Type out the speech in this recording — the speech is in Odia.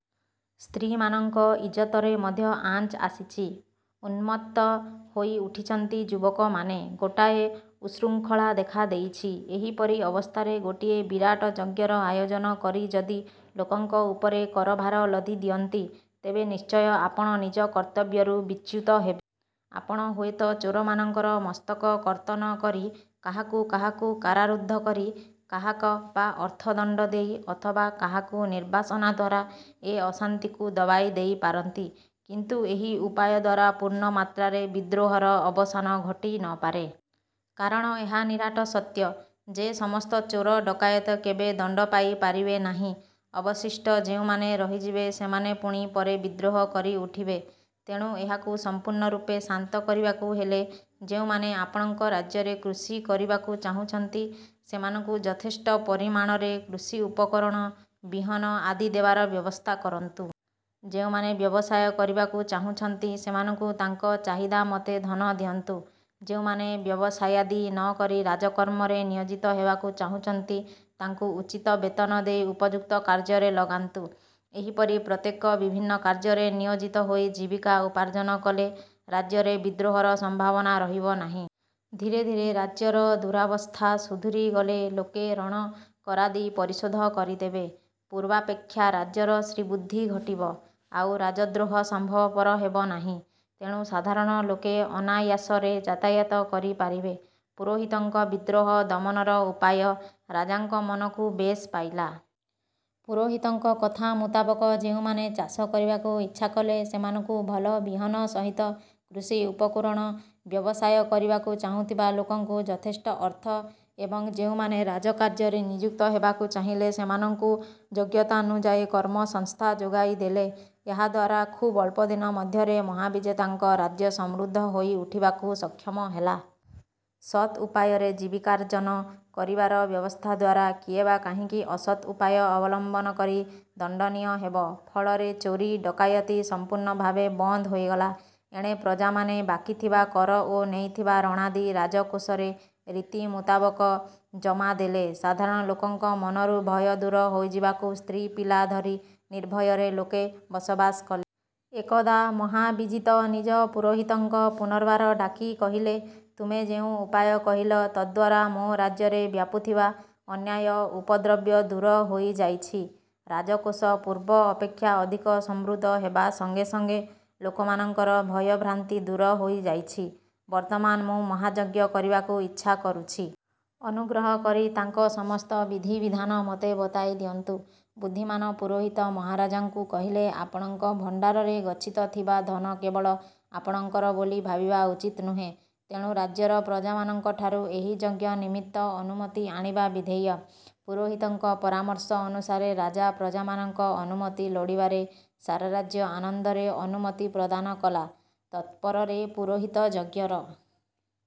ସ୍ତ୍ରୀମାନଙ୍କ ଇଜତରେ ମଧ୍ୟ ଆଞ୍ଚ ଆସିଛି। ଉନ୍ମତ୍ତ ହୋଇ ଉଠିଛନ୍ତି ଯୁବକମାନେ। ଗୋଟାଏ। ଉତ୍ସୃଂଖଳା ଦେଖା ଦେଇଛି। ଏହିପରି ଅବସ୍ଥାରେ ଗୋଟିଏ ବିରାଟ ଯଜ୍ଞର ଆୟୋଜନ କରି ଯଦି ଲୋକଙ୍କ ଉପରେ କରଭାର ଲଦି ଦିଅନ୍ତି ତେବେ ନିଶ୍ଚୟ ଆପଣ ନିଜ କର୍ତ୍ତବ୍ୟରୁ ବିଚ୍ୟୁତ ହେବେ। ଆପଣ ହୁଏତ ଚୋରମାନଙ୍କର ମସ୍ତକ କର୍ତ୍ତନ କରି, କାହାକୁ କାହାକୁ କାରାରୁଦ୍ଧ କରି କାହାକ ବା ଅର୍ଥ ଦଣ୍ଡଦେଇ ଅଥବା କାହାକୁ ନିର୍ବାସନା ଦ୍ୱାରା ଏ ଅଶାନ୍ତିକୁ ଦବାଇ ଦେଇ ପାରନ୍ତି। କିନ୍ତୁ ଏହି ଉପାୟ ଦ୍ୱାରା ପୂର୍ଣ୍ଣ ମାତ୍ରାରେ ବିଦ୍ରୋହର ଅବସାନ ଘଟି ନ ପାରେ। କାରଣ ଏହା ନିରାଟ ସତ୍ୟ ଯେ ସମସ୍ତ ଚୋର ଡକାୟତ କେବେ ଦଣ୍ଡପାଇ ପାରିବେ ନାହିଁ। ଅବଶିଷ୍ଟ ଯେଉଁମାନେ ରହିଯିବେ ସେମାନେ ପୁଣି ପରେ ବିଦ୍ରୋହ କରି ଉଠିବେ। ତେଣୁ ଏହାକୁ ସଂପୂର୍ଣ୍ଣ ରୂପେ ଶାନ୍ତ କରିବାକୁ ହେଲେ, ଯେଉଁମାନେ ଆପଣଙ୍କ ରାଜ୍ୟରେ କୃଷି କରିବାକୁ ଚାହୁଛନ୍ତି ସେମାନଙ୍କୁ ଯଥେଷ୍ଟ ପରିମାଣରେ କୃଷିଉପକରଣ, ବିହନ ଆଦି ଦେବାର ବ୍ୟବସ୍ଥା କରନ୍ତୁ। ଯେଉଁମାନେ ବ୍ୟବସାୟ କରିବାକୁ ଚାହୁଁଛନ୍ତି ସେମାନଙ୍କୁ ତାଙ୍କ ଚାହିଦାମତେ ଧନ ଦିଅନ୍ତୁ। ଯେଉଁମାନେ ବ୍ୟବସାୟାଦି ନ କରି ରାଜକର୍ମରେ ନିୟୋଜିତ ହେବାକୁ ଚାହୁଛନ୍ତି ତାଙ୍କୁ ଉଚିତ ବେତନ ଦେଇ ଉପଯୁକ୍ତ କାର୍ଯ୍ୟରେ ଲଗାନ୍ତୁ। ଏହିପରି ପ୍ରତ୍ୟେକ ବିଭିନ୍ନ କାର୍ଯ୍ୟରେ ନିୟୋଜିତ ହୋଇ ଜୀବିକା ଉପାର୍ଜନ କଲେ ରାଜ୍ୟରେ ବିଦ୍ରୋହର ସମ୍ଭାବନା ରହିବ ନାହିଁ। ଧୀରେ ଧୀରେ ରାଜ୍ୟର ଦୂରାବସ୍ଥା ସୁଧୁରି ଗଲେ ଲୋକେ ଋଣ କରାଦି ପରିଶୋଧ କରିଦେବେ। ପୂର୍ବାପେକ୍ଷା ରାଜ୍ୟର ଶ୍ରୀବୃଦ୍ଧି ଘଟିବ। ଆଉ ରାଜଦ୍ରୋହ ସମ୍ଭବପର ହେବ ନାହିଁ। ତେଣୁ ସାଧାରଣ ଲୋକେ ଅନାୟାସରେ ଯାତାୟାତ କରି ପାରିବେ। ପୁରୋହିତଙ୍କ ବିଦ୍ରୋହ ଦମନର ଉପାୟ ରାଜାଙ୍କ ମନକୁ ବେଶ୍ ପାଇଲା। ପୁରୋହିତଙ୍କ କଥା ମୁତାବକ ଯେଉଁମାନେ ଚାଷ କରିବାକୁ ଇଚ୍ଛାକଲେ ସେମାନଙ୍କୁ ଭଲ ବିହନ ସହିତ କୃଷିଉପକରଣ, ବ୍ୟବସାୟ କରିବାକୁ ଚାହୁଁଥିବା ଲୋକଙ୍କୁ ଯଥେଷ୍ଟ ଅର୍ଥ ଏବଂ ଯେଉଁମାନେ ରାଜକାର୍ଯ୍ୟରେ ନିଯୁକ୍ତ ହେବାକୁ ଚାହିଁଲେ ସେମାନଙ୍କୁ ଯୋଗ୍ୟତାନୁଯାୟୀ କର୍ମସଂସ୍ଥା ଯୋଗାଇ ଦେଲେ। ଏହାଦ୍ୱାରା ଖୁବ୍ ଅଳ୍ପଦିନ ମଧ୍ୟରେ ମହାବିଜେତାଙ୍କ ରାଜ୍ୟ ସମୃଦ୍ଧ ହୋଇ ଉଠିବାକୁ ସକ୍ଷମ ହେଲା। ସତ୍ ଉପାୟରେ ଜୀବିକାର୍ଜନ କରିବାର ବ୍ୟବସ୍ଥାଦ୍ୱାରା କିଏବା କାହିଁକି ଅସତ୍ ଉପାୟ ଅବଲମ୍ୱନ କରି ଦଣ୍ଡନୀୟ ହେବ? ଫଳରେ ଚୋରି ଡକାୟତି ସମ୍ପୂର୍ଣ୍ଣ ଭାବେ ବନ୍ଦ ହୋଇଗଲା। ଏଣେ ପ୍ରଜାମାନେ ବାକିଥିବା କର ଓ ନେଇଥିବା ଋଣାଦି ରାଜକୋଷରେ ରୀତିମୁତାବକ ଜମା ଦେଲେ। ସାଧାରଣ ଲୋକଙ୍କ ମନରୁ ଭୟ ଦୂର ହୋଇଯିବାକୁ ସ୍ତ୍ରୀ ପିଲା ଧରି ନିର୍ଭୟରେ ଲୋକେ ବସବାସ କଲେ। ଏକଦା ମହାବିଜିତ ନିଜ ପୁରୋହିତଙ୍କ ପୁନର୍ବାର ଡାକି କହିଲେ ତୁମେ ଯେଉଁ ଉପାୟ କହିଲ ତଦ୍ଦ୍ୱାରା ମୋ ରାଜ୍ୟରେ ବ୍ୟାପୁଥିବା ଅନ୍ୟାୟ ଉପଦ୍ରବ ଦୂର ହୋଇଯାଇଛି। ରାଜକୋଷ ପୂର୍ବ ଅପେକ୍ଷା ଅଧିକ ସମୃଦ୍ଧ ହେବା ସଙ୍ଗେ ସଙ୍ଗେ ଲୋକମାନଙ୍କର ଭୟଭ୍ରାନ୍ତି ଦୂର ହୋଇଯାଇଛି-। ବର୍ତ୍ତମାନ ମୁଁ ମହାଯଜ୍ଞ କରିବାକୁ ଇଚ୍ଛା କରୁଛି। ଅନୁଗ୍ରହ କରି ତାର ସମସ୍ତ ବିଧିବିଧାନ ମୋତେ ବତାଇ ଦିଅନ୍ତୁ। ବୁଦ୍ଧିମାନ ପୁରୋହିତ ମହାରାଜାଙ୍କୁ କହିଲେ, ଆପଣଙ୍କ ଭଣ୍ଡାରରେ ଗଚ୍ଛିତଥିବା ଧନ କେବଳ ଆପଣଙ୍କର ବୋଲି ଭାବିବା ଉଚିତ୍ ନୁହେଁ। ତେଣୁ ରାଜ୍ୟର ପ୍ରଜାମାନଙ୍କଠାରୁ ଏହି ଯଜ୍ଞ ନିମିତ୍ତ ଅନୁମତି ଆଣିବା ବିଧେୟ। ପୁରୋହିତଙ୍କ ପରାମର୍ଶ ଅନୁସାରେ ରାଜା ପ୍ରଜାମାନଙ୍କ ଅନୁମତି ଲୋଡ଼ିବାରେ ସାରାରାଜ୍ୟ ଆନନ୍ଦରେ ଅନୁମତି ପ୍ରଦାନ କଲା। ତତ୍ପରେ ପୁରୋହିତ ଯଜ୍ଞର